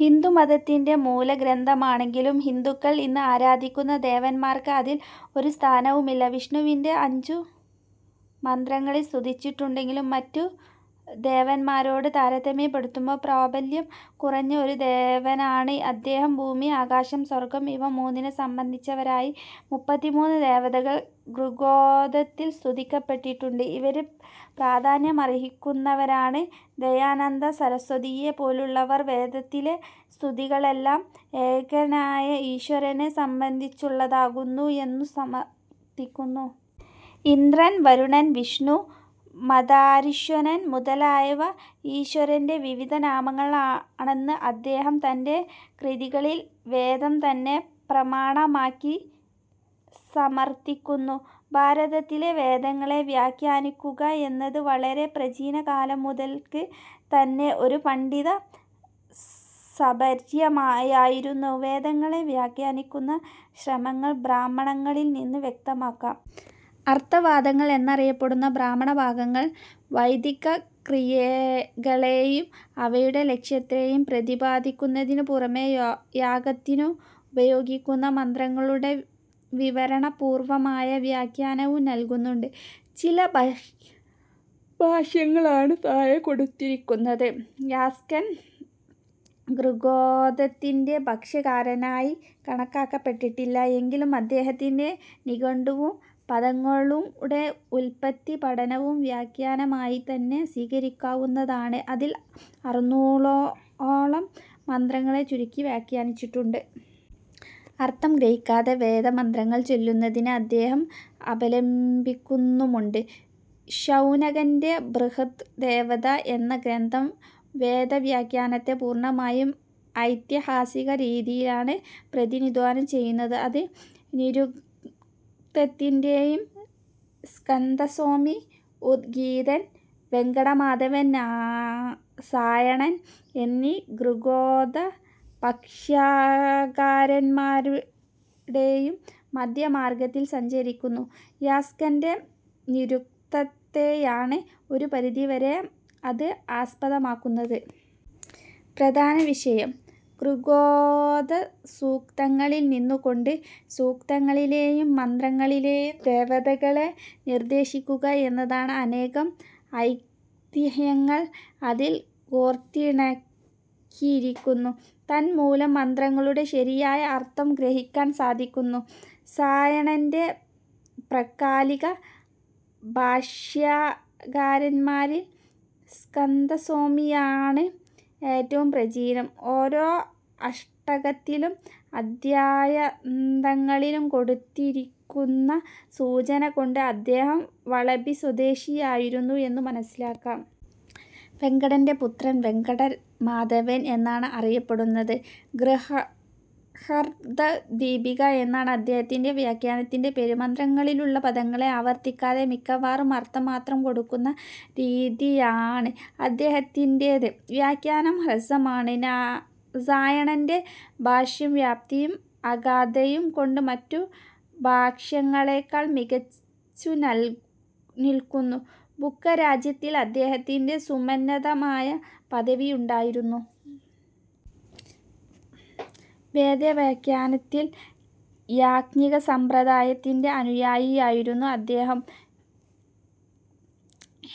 ഹിന്ദുമതത്തിൻ്റെ മൂലഗ്രന്ഥമാണെങ്കിലും ഹിന്ദുക്കൾ ഇന്ന് ആരാധിക്കുന്ന ദേവന്മാർക്ക് അതിൽ ഒരു സ്ഥാനവുമില്ല. വിഷ്ണുവിനെ അഞ്ചു മന്ത്രങ്ങളിൽ സ്തുതിച്ചിട്ടുണ്ടെങ്കിലും മറ്റ് ദേവൻമാരോടു താരതമ്യപ്പെടുത്തുമ്പോൾ പ്രാബല്യം കുറഞ്ഞ ഒരു ദേവനാണ് അദ്ദേഹം. ഭൂമി, ആകാശം, സ്വർഗം ഇവ മൂന്നിനെ സംബന്ധിച്ചവരായി മുപ്പത്തിമൂന്ന് ദേവതകൾ ഋഗ്വേദത്തിൽ സ്തുതിക്കപ്പെട്ടിട്ടുണ്ട്. ഇവരിൽ പ്രാധാന്യമർഹിക്കുന്നവരാണ് ദയാനന്ദ സരസ്വതിയെ പോലുള്ളവർ വേദത്തിലെ സ്തുതികളെല്ലാം ഏകനായ ഈശ്വരനെ സംബന്ധിച്ചുള്ളതാകുന്നു എന്നു സമർത്ഥിക്കുന്നു. ഇന്ദ്രൻ, വരുണൻ, വിഷ്ണു, മാതരിശ്വാനൻ മുതലായവ ഈശ്വരൻ്റെ വിവിധ നാമങ്ങൾ ആണെന്ന് അദ്ദേഹം തൻ്റെ കൃതികളിൽ വേദം തന്നെ പ്രമാണമാക്കി സമർത്ഥിക്കുന്നു. ഭാരതത്തിൽ വേദങ്ങളെ വ്യാഖ്യാനിക്കുക എന്നത് വളരെ പ്രാചീന കാലം മുതൽക്ക് തന്നെ ഒരു പണ്ഡിത സപര്യയായിരുന്നു. വേദങ്ങളെ വ്യാഖ്യാനിക്കുന്ന ശ്രമങ്ങൾ ബ്രാഹ്മണങ്ങളിൽ നിന്ന് വ്യക്തമാക്കാം. അർത്തവാദങ്ങൾ എന്നറിയപ്പെടുന്ന ബ്രാഹ്മണഭാഗങ്ങൾ വൈദികക്രിയകളേയും അവയുടെ ലക്ഷ്യത്തേയും പ്രതിപാദിക്കുന്നതിനു പുറമേ യാഗത്തിനുപയോഗിക്കുന്ന മന്ത്രങ്ങളുടെ വിവരണപൂർവ്വമായ വ്യാഖ്യാനവും നൽകുന്നുണ്ട്. ചില ഭാഷ്യങ്ങളാണ് താഴെ കൊടുത്തിരിക്കുന്നത്. യാസ്കൻ ഋഗ്വേദത്തിൻ്റെ ഭാഷ്യാകാരനായി കണക്കാക്കപ്പെട്ടിട്ടില്ല. എങ്കിലും അദ്ദേഹത്തിൻ്റെ നിഘണ്ടുവും പദങ്ങളുടെ ഉല്പത്തി പഠനവും വ്യാഖ്യാനമായിതന്നെ സ്വീകരിക്കാവുന്നതാണ്. അതിൽ അറുന്നൂറോളം മന്ത്രങ്ങളെ ചുരുക്കി വ്യാഖ്യാനിച്ചിട്ടുണ്ട്. അർത്ഥം ഗ്രഹിക്കാതെ വേദമന്ത്രങ്ങൾ ചൊല്ലുന്നതിനെ അദ്ദേഹം അപലപിക്കുന്നുമുണ്ട്. ശൗനകൻ്റെ ബൃഹദ് ദേവദ എന്ന ഗ്രന്ഥം വേദവ്യാഖ്യാനത്തെ പൂർണ്ണമായും ഐതിഹാസിക രീതിയിലാണ് പ്രതിനിധാനം ചെയ്യുന്നത്. അത് നിരുക്തത്തിൻ്റേയും, സ്കന്ദസ്വാമി, ഉദ്ഗീഥൻ, വെങ്കടമാധവൻ, സായണൻ എന്നീ ഋഗ്വേദഭാഷ്യാകാരന്മാരുടേയും മദ്ധ്യമാർഗ്ഗത്തിൽ സഞ്ചരിക്കുന്നു. യാസ്കൻ്റെ നിരുക്തത്തെയാണ് ഒരു പരിധിവരെ അത് ആസ്പദമാക്കുന്നത്. പ്രധാനവിഷയം ഋഗ്വേദസൂക്തങ്ങളിൽ നിന്നുകൊണ്ട് സൂക്തങ്ങളിലേയും മന്ത്രങ്ങളിലേയും ദേവതകളെ നിർദ്ദേശിക്കുക എന്നതാണ്. അനേകം ഐതിഹ്യങ്ങൾ അതിൽ കോർത്തിണക്കിയിരിക്കുന്നു. തന്മൂലം മന്ത്രങ്ങളുടെ ശരിയായ അർത്ഥം ഗ്രഹിക്കാൻ സാധിക്കുന്നു. സായണൻ്റെ പ്രക്കാലിക ഭാഷ്യാകാരന്മാരിൽ സ്കന്ദസ്വാമിയാണ് ഏറ്റവും പ്രചീനം. ഓരോ അഷ്ടകത്തിലും അദ്ധ്യായാന്തങ്ങളിലും കൊടുത്തിരിക്കുന്ന സൂചനകൊണ്ട് അദ്ദേഹം വളഭി സ്വദേശിയായിരുന്നു എന്നു മനസ്സിലാക്കാം. വെങ്കടൻ്റെ പുത്രൻ വെങ്കടമാധവൻ എന്നാണ് അറിയപ്പെടുന്നത്. ഋഗർത്ഥദീപിക എന്നാണ് അദ്ദേഹത്തിൻ്റെ വ്യാഖ്യാനത്തിൻ്റെ പേര്. മന്ത്രങ്ങളിലുള്ള പദങ്ങളെ ആവർത്തിക്കാതെ മിക്കവാറും അർത്ഥം മാത്രം കൊടുക്കുന്ന രീതിയാന് അദ്ദേഹത്തിൻ്റേത്. വ്യാഖ്യാനം ഹ്രസ്വമാണ്. സായണൻ്റെ ഭാഷ്യം വ്യാപ്തിയും അഗാധയും കൊണ്ട് മറ്റു ഭാഷ്യങ്ങളേക്കാൾ മികച്ചു നാൽ നിൽകുന്നു. ബുക്കരാജ്യത്തിൽ അദ്ദേഹത്തിനു സുമന്നതമായ പദവി ഉണ്ടായിരുന്നു. വേദ വ്യാഖ്യാനത്തിൽ യാജ്ഞികസമ്പ്രദായത്തിൻ്റെ അനുയായിയായിരുന്ന അദ്ദേഹം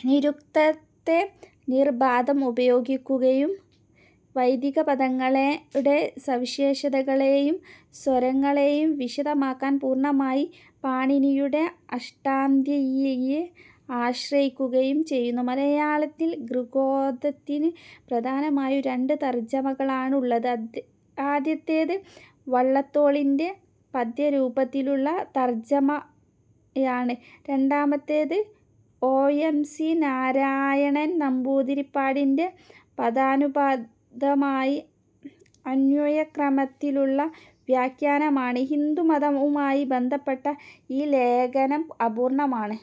നിരുക്തത്തെ നിർബാധം ഉപയോഗിക്കുകയും വൈദിക പദങ്ങളുടെ സവിശേഷതകളേയും സ്വരങ്ങളേയും വിശദമാക്കാൻ പൂർണ്ണമായി പാണീനിയുടെ അഷ്ടാദ്ധ്യയിയെ ആശ്രയിക്കുകയും ചെയ്യുന്നു. മലയാളത്തിൽ ഋഗ്വേദത്തിന് പ്രധാനമായും രണ്ട് തർജ്ജമകളാണ് ഉള്ളത്. ആദ്യത്തേത് വള്ളത്തോളിൻ്റെ പദ്യരൂപത്തിലുള്ള തർജ്ജമയാണ്. രണ്ടാമത്തേത് ഒ. എം. സി. നാരായണൻ നമ്പൂതിരിപ്പാടിൻ്റെ പദാനുപദമായി അന്വയക്രമത്തിലുള്ള വ്യാഖ്യാനമാണ്. ഹിന്ദുമതവുമായി ബന്ധപ്പെട്ട ഈ ലേഖനം അപൂർണ്ണമാണ്.